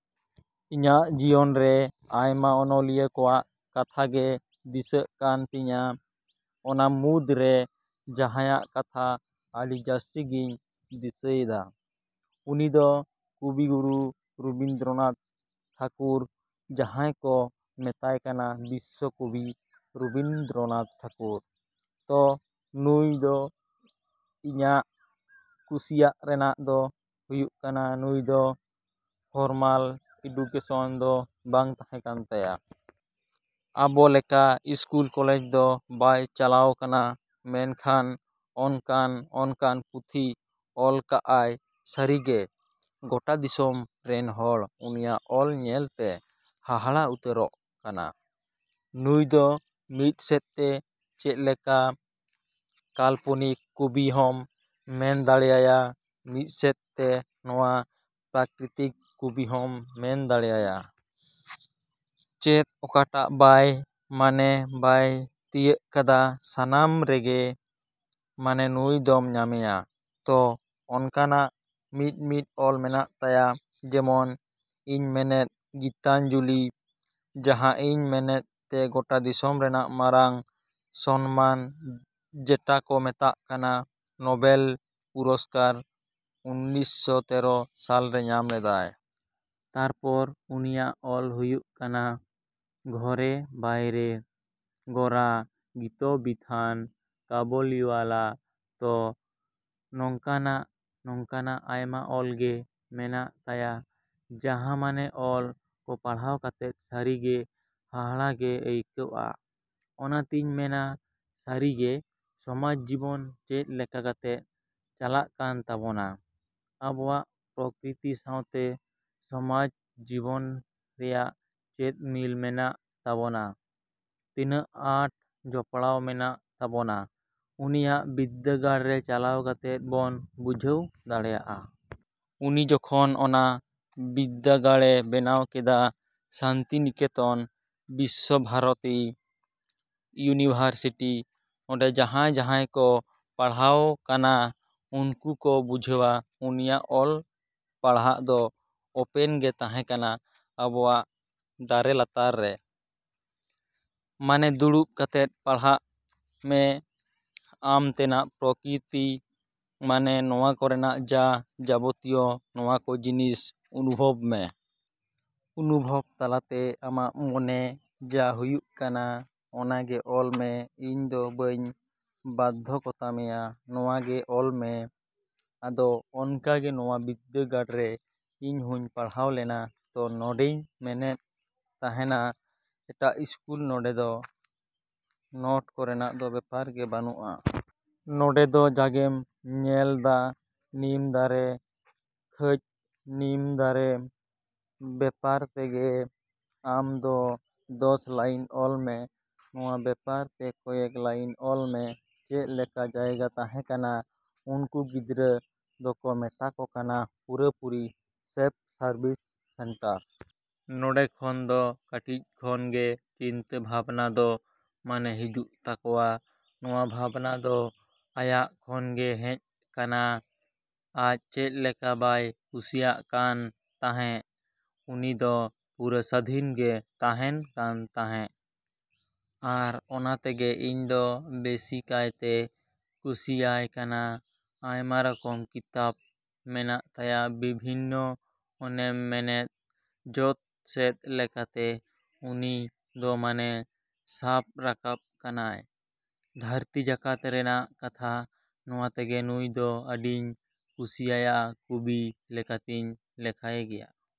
ᱤᱧᱟᱜ ᱡᱤᱭᱚᱱ ᱨᱮ ᱟᱭᱢᱟ ᱚᱱᱚᱞᱤᱭᱟᱹ ᱠᱚᱣᱟᱜ ᱠᱟᱛᱷᱟ ᱜᱮ ᱫᱤᱥᱟᱹᱜ ᱠᱟᱱ ᱛᱤᱧᱟ᱾ ᱚᱱᱟ ᱢᱩᱫᱽᱨᱮ ᱡᱟᱸᱦᱟᱭᱟᱜ ᱠᱟᱛᱷᱟ ᱟᱹᱰᱤ ᱡᱟᱹᱥᱛᱤ ᱜᱤᱧ ᱫᱤᱥᱟᱹᱭᱮᱫᱟ ᱩᱱᱤ ᱫᱚ ᱠᱚᱵᱤᱜᱩᱨᱩ ᱨᱚᱵᱤᱱᱫᱽᱨᱚᱱᱟᱛᱷ ᱴᱷᱟᱠᱩᱨ, ᱡᱟᱸᱦᱟᱭ ᱠᱚ ᱢᱮᱛᱟᱭ ᱠᱟᱱᱟ ᱵᱤᱥᱥᱚ ᱠᱚᱵᱤ ᱨᱚᱵᱤᱱᱫᱽᱨᱚᱱᱟᱛᱷ ᱴᱷᱟᱠᱩᱨ᱾ ᱛᱚ ᱱᱩᱭ ᱫᱚ ᱤᱧᱟᱜ ᱠᱩᱥᱤᱭᱟᱜ ᱨᱮᱱᱟᱜ ᱫᱚ ᱦᱩᱭᱩᱜ ᱠᱟᱱᱟ ᱱᱩᱭ ᱫᱚ ᱯᱷᱚᱨᱢᱟᱞ ᱮᱰᱩᱠᱮᱥᱚᱱ ᱫᱚ ᱵᱟᱝ ᱛᱟᱸᱦᱮ ᱠᱟᱱ ᱛᱟᱭᱟ᱾ ᱟᱵᱚ ᱞᱮᱠᱟ ᱤᱥᱠᱩᱞ ᱠᱚᱞᱮᱡ ᱫᱚ ᱵᱟᱭ ᱪᱟᱞᱟᱣ ᱠᱟᱱᱟ ᱢᱮᱱᱠᱷᱟᱱ ᱚᱱᱠᱟᱱ ᱚᱱᱠᱟᱱ ᱯᱩᱛᱷᱤ ᱚᱞ ᱠᱟᱜ ᱟᱭ ᱥᱟᱹᱨᱤᱜᱮ ᱜᱚᱴᱟ ᱫᱤᱥᱚᱢ ᱨᱮᱱ ᱦᱚᱲ ᱩᱱᱤᱭᱟᱜ ᱚᱞ ᱧᱮᱞᱛᱮ ᱦᱟᱦᱟᱲᱟᱜ ᱩᱛᱟᱹᱨᱚᱜ ᱠᱟᱱᱟ᱾ ᱱᱩᱭ ᱫᱚ ᱢᱤᱫ ᱥᱮᱫ ᱛᱮ ᱪᱮᱫ ᱞᱮᱠᱟ ᱠᱟᱞᱯᱚᱱᱤᱠ ᱠᱚᱵᱤ ᱦᱚᱸᱢ ᱢᱮᱱ ᱫᱟᱲᱮ ᱟᱭᱟ, ᱢᱤᱫ ᱥᱮᱫ ᱛᱮ ᱱᱚᱣᱟ ᱯᱨᱟᱠᱤᱛᱤᱠ ᱠᱚᱵᱤ ᱦᱚᱢ ᱢᱮᱱ ᱫᱟᱲᱮ ᱟᱭᱟ᱾ ᱪᱮᱫ ᱚᱠᱟ ᱴᱟᱜ ᱵᱟᱭ ᱢᱟᱱᱮ ᱵᱟᱭ ᱛᱤᱭᱟᱹᱜ ᱠᱟᱫᱟ, ᱥᱟᱱᱟᱢ ᱨᱮᱜᱮ ᱢᱟᱱᱮ ᱱᱩᱭ ᱫᱚᱢ ᱧᱟᱢᱮᱭᱟ᱾ ᱛᱚ ᱚᱱᱠᱟᱱᱟᱜ ᱢᱤᱫ ᱢᱤᱫ ᱚᱞ ᱢᱮᱱᱟᱜ ᱛᱟᱭᱟ ᱡᱮᱢᱚᱱ ᱤᱧ ᱢᱮᱱᱮᱫ ᱜᱤᱛᱟᱧᱡᱚᱞᱤ ᱡᱟᱸᱦᱟ ᱤᱧ ᱢᱮᱱᱮᱫ ᱛᱮ ᱜᱚᱴᱟ ᱫᱤᱥᱚᱢ ᱨᱮᱱᱟᱜ ᱢᱟᱨᱟᱝ ᱥᱚᱱᱢᱟᱱ ᱡᱮᱴᱟ ᱠᱚ ᱢᱮᱛᱟᱜ ᱠᱟᱱᱟ ᱱᱚᱵᱮᱞ ᱯᱩᱨᱚᱥᱠᱟᱨ ᱩᱱᱤᱥᱥᱚ ᱛᱮᱨᱚ ᱥᱟᱞ ᱨᱮ ᱧᱟᱢ ᱞᱮᱫᱟᱭ᱾ ᱛᱟᱨᱯᱚᱨ ᱩᱱᱤᱭᱟᱜ ᱚᱞ ᱦᱩᱭᱩᱜ ᱠᱟᱱᱟ ᱜᱷᱚᱨᱮ ᱵᱟᱭᱨᱮ, ᱜᱚᱨᱟ, ᱜᱤᱛᱚᱵᱤᱛᱷᱟᱱ, ᱠᱟᱵᱩᱞᱤᱣᱟᱞᱟ᱾ ᱛᱚ ᱱᱚᱝᱠᱟ ᱱᱟᱜ ᱱᱚᱝᱠᱟ ᱱᱟᱜ ᱟᱭᱢᱟ ᱚᱞ ᱜᱮ ᱢᱮᱱᱟᱜ ᱛᱟᱭᱟ ᱡᱟᱸᱦᱟ ᱢᱟᱱᱮ ᱚᱞ ᱠᱚ ᱯᱟᱲᱦᱟᱣ ᱠᱟᱛᱮᱜ ᱥᱟᱹᱨᱤ ᱜᱮ ᱦᱟᱦᱟᱲᱟᱜ ᱜᱮ ᱟᱹᱭᱠᱟᱹᱜᱼᱟ᱾ ᱚᱱᱟ ᱛᱤᱧ ᱢᱮᱱᱟ ᱥᱟᱹᱨᱤᱜᱮ ᱥᱚᱢᱟᱡᱽ ᱡᱤᱵᱚᱱ ᱪᱮᱫ ᱞᱮᱠᱟ ᱠᱟᱛᱮᱜ ᱪᱟᱞᱟᱜ ᱠᱟᱱ ᱛᱟᱵᱚᱱᱟ, ᱟᱵᱚᱣᱟᱜ ᱯᱨᱚᱠᱤᱛᱤ ᱥᱟᱶᱛᱮ ᱥᱚᱢᱟᱡᱽ ᱡᱤᱵᱚᱱ ᱨᱮᱭᱟᱜ ᱪᱮᱫ ᱢᱤᱞ ᱢᱮᱱᱟᱜ ᱛᱟᱵᱚᱱᱟ, ᱛᱤᱱᱟᱹᱜ ᱟᱸᱴ ᱡᱚᱯᱲᱟᱣ ᱢᱮᱱᱟᱜ ᱛᱟᱵᱚᱱᱟ ᱩᱱᱤᱭᱟᱜ ᱵᱤᱫᱽᱫᱟᱹᱜᱟᱲ ᱨᱮ ᱪᱟᱞᱟᱣ ᱠᱟᱛᱮᱜ ᱵᱚᱱ ᱵᱩᱡᱷᱟᱹᱣ ᱫᱟᱲᱮᱭᱟᱜᱼᱟ᱾ ᱩᱱᱤ ᱡᱚᱠᱷᱚᱱ ᱚᱱᱟ ᱵᱤᱫᱽᱫᱟᱹᱜᱟᱲ ᱮ ᱵᱮᱱᱟᱣ ᱠᱮᱫᱟ ᱥᱟᱱᱛᱤᱱᱤᱠᱮᱛᱚᱱ ᱵᱤᱥᱥᱚ ᱵᱷᱟᱨᱚᱛᱤ ᱤᱭᱩᱱᱤᱵᱷᱟᱨᱥᱤᱴᱤ, ᱚᱸᱰᱮ ᱡᱟᱸᱦᱟᱭ ᱡᱟᱸᱦᱟᱭ ᱠᱚ ᱯᱟᱲᱦᱟᱣ ᱠᱟᱱᱟ ᱩᱱᱠᱩ ᱠᱚ ᱵᱩᱡᱷᱟᱹᱣᱟ ᱩᱱᱤᱭᱟᱜ ᱚᱞᱚᱜ ᱯᱟᱲᱦᱟᱜ ᱫᱚ ᱚᱯᱮᱱ ᱜᱮ ᱛᱟᱸᱦᱮ ᱠᱟᱱᱟ ᱟᱵᱚᱣᱟᱜ ᱫᱟᱨᱮ ᱞᱟᱛᱟᱨ ᱨᱮ᱾ ᱢᱟᱱᱮ ᱫᱩᱲᱩᱵ ᱠᱟᱛᱮᱜ ᱯᱟᱲᱦᱟᱜ ᱢᱮ, ᱟᱢ ᱛᱮᱱᱟᱜ ᱯᱨᱚᱠᱤᱛᱤ ᱢᱟᱱᱮ ᱱᱚᱣᱟ ᱠᱚᱨᱮᱱᱟᱜ ᱡᱟ ᱡᱟᱵᱚᱛᱤᱭᱚ ᱱᱚᱣᱟ ᱠᱚ ᱡᱤᱱᱤᱥ ᱚᱱᱩᱵᱷᱚᱵ ᱢᱮ᱾ ᱚᱱᱩᱵᱷᱚᱵ ᱛᱟᱞᱟᱛᱮ ᱟᱢᱟᱜ ᱢᱚᱱᱮ ᱡᱟ ᱦᱚᱭᱚᱜ ᱠᱟᱱᱟ ᱚᱱᱟᱜᱮ ᱚᱞ ᱢᱮ, ᱤᱧ ᱫᱚ ᱵᱟᱹᱧ ᱵᱟᱫᱽᱫᱷᱚᱠᱚᱛᱟ ᱢᱮᱭᱟ ᱱᱚᱣᱟᱜᱮ ᱚᱞ ᱢᱮ᱾ ᱟᱫᱚ ᱚᱱᱠᱟ ᱜᱮ ᱱᱚᱣᱟ ᱵᱤᱫᱽᱫᱟᱹᱜᱟᱲ ᱨᱮ ᱤᱧ ᱦᱚᱧ ᱯᱟᱲᱦᱟᱣ ᱞᱮᱱᱟ᱾ ᱛᱚ ᱱᱚᱰᱮᱧ ᱢᱮᱱᱮᱫ ᱛᱟᱸᱦᱮᱱᱟ ᱮᱴᱟᱜ ᱤᱥᱠᱩᱞ ᱱᱚᱰᱮ ᱫᱚ ᱱᱚᱴ ᱠᱚᱨᱮᱱᱟᱜ ᱫᱚ ᱵᱮᱯᱟᱨ ᱜᱮ ᱵᱟᱹᱱᱩᱜᱼᱟ᱾ ᱱᱚᱰᱮ ᱫᱚ ᱡᱟᱜᱮᱢ ᱧᱮᱞ ᱫᱟ ᱱᱤᱢ ᱫᱟᱨᱮ ᱠᱷᱟᱡ ᱱᱤᱢ ᱫᱟᱨᱮ ᱵᱮᱯᱟᱨ ᱛᱮᱜᱮ ᱟᱢ ᱫᱚ ᱫᱚᱥ ᱞᱟᱭᱤᱱ ᱚᱞ ᱢᱮ, ᱱᱚᱣᱟ ᱵᱮᱯᱟᱨ ᱛᱮ ᱠᱚᱭᱮᱠ ᱞᱟᱭᱤᱱ ᱚᱞ ᱢᱮ᱾ ᱪᱮᱫ ᱞᱮᱠᱟ ᱡᱟᱭᱜᱟ ᱛᱟᱸᱦᱮ ᱠᱟᱱᱟ ᱩᱱᱠᱩ ᱜᱤᱫᱽᱨᱟᱹ ᱫᱚᱠᱚ ᱢᱮᱛᱟ ᱠᱚ ᱠᱟᱱᱟ ᱯᱩᱨᱟᱹᱯᱩᱨᱤ ᱥᱮᱵᱷ ᱥᱟᱨᱵᱷᱤᱥ ᱥᱮᱱᱴᱟᱨ᱾ ᱱᱚᱰᱮ ᱠᱷᱚᱱ ᱫᱚ ᱠᱟᱹᱴᱤᱡ ᱠᱷᱚᱱᱜᱮ ᱪᱤᱱᱛᱟᱹ ᱵᱷᱟᱵᱱᱟ ᱫᱚ ᱢᱟᱱᱮ ᱦᱤᱡᱩᱜ ᱛᱟᱠᱚᱣᱟ᱾ ᱱᱚᱣᱟ ᱵᱷᱟᱵᱱᱟ ᱫᱚ ᱟᱭᱟᱜ ᱠᱷᱚᱱᱜᱮ ᱦᱮᱡ ᱠᱟᱱᱟ ᱟᱡ ᱪᱮᱫ ᱞᱮᱠᱟ ᱵᱟᱭ ᱠᱩᱥᱤᱭᱟᱜ ᱠᱟᱱ ᱛᱟᱸᱦᱮᱜ ᱩᱱᱤ ᱫᱚ ᱯᱩᱨᱟᱹ ᱥᱟᱹᱫᱷᱤᱱ ᱜᱮ ᱛᱟᱸᱦᱮᱱ ᱠᱟᱱ ᱛᱟᱸᱦᱮᱜ᱾ ᱟᱨ ᱚᱱᱟ ᱛᱮᱜᱮ ᱤᱧᱫᱚ ᱵᱮᱥᱤ ᱠᱟᱭᱛᱮ ᱠᱩᱥᱤ ᱟᱭ ᱠᱟᱱᱟ᱾ ᱟᱭᱢᱟ ᱨᱚᱠᱚᱢ ᱠᱤᱛᱟᱹᱵ ᱢᱮᱱᱟᱜ ᱛᱟᱭᱟ ᱵᱤᱵᱷᱤᱱᱱᱚ ᱚᱱᱮᱧ ᱢᱮᱱᱮᱫ ᱡᱚᱛ ᱥᱮᱫ ᱞᱮᱠᱟᱛᱮ ᱩᱱᱤ ᱫᱚ ᱢᱟᱱᱮ ᱥᱟᱵ ᱨᱟᱠᱟᱵ ᱠᱟᱱᱟᱭ ᱫᱷᱟᱹᱨᱛᱤ ᱡᱟᱠᱟᱛ ᱨᱮᱱᱟᱜ ᱠᱟᱛᱷᱟ᱾ ᱱᱚᱣᱟ ᱛᱮᱜᱮ ᱱᱩᱭ ᱫᱚ ᱟᱹᱰᱤᱧ ᱠᱩᱥᱤ ᱟᱭᱟ ᱠᱚᱵᱤ ᱞᱮᱠᱟᱛᱤᱧ ᱞᱮᱠᱷᱟᱭᱮ ᱜᱮᱭᱟ᱾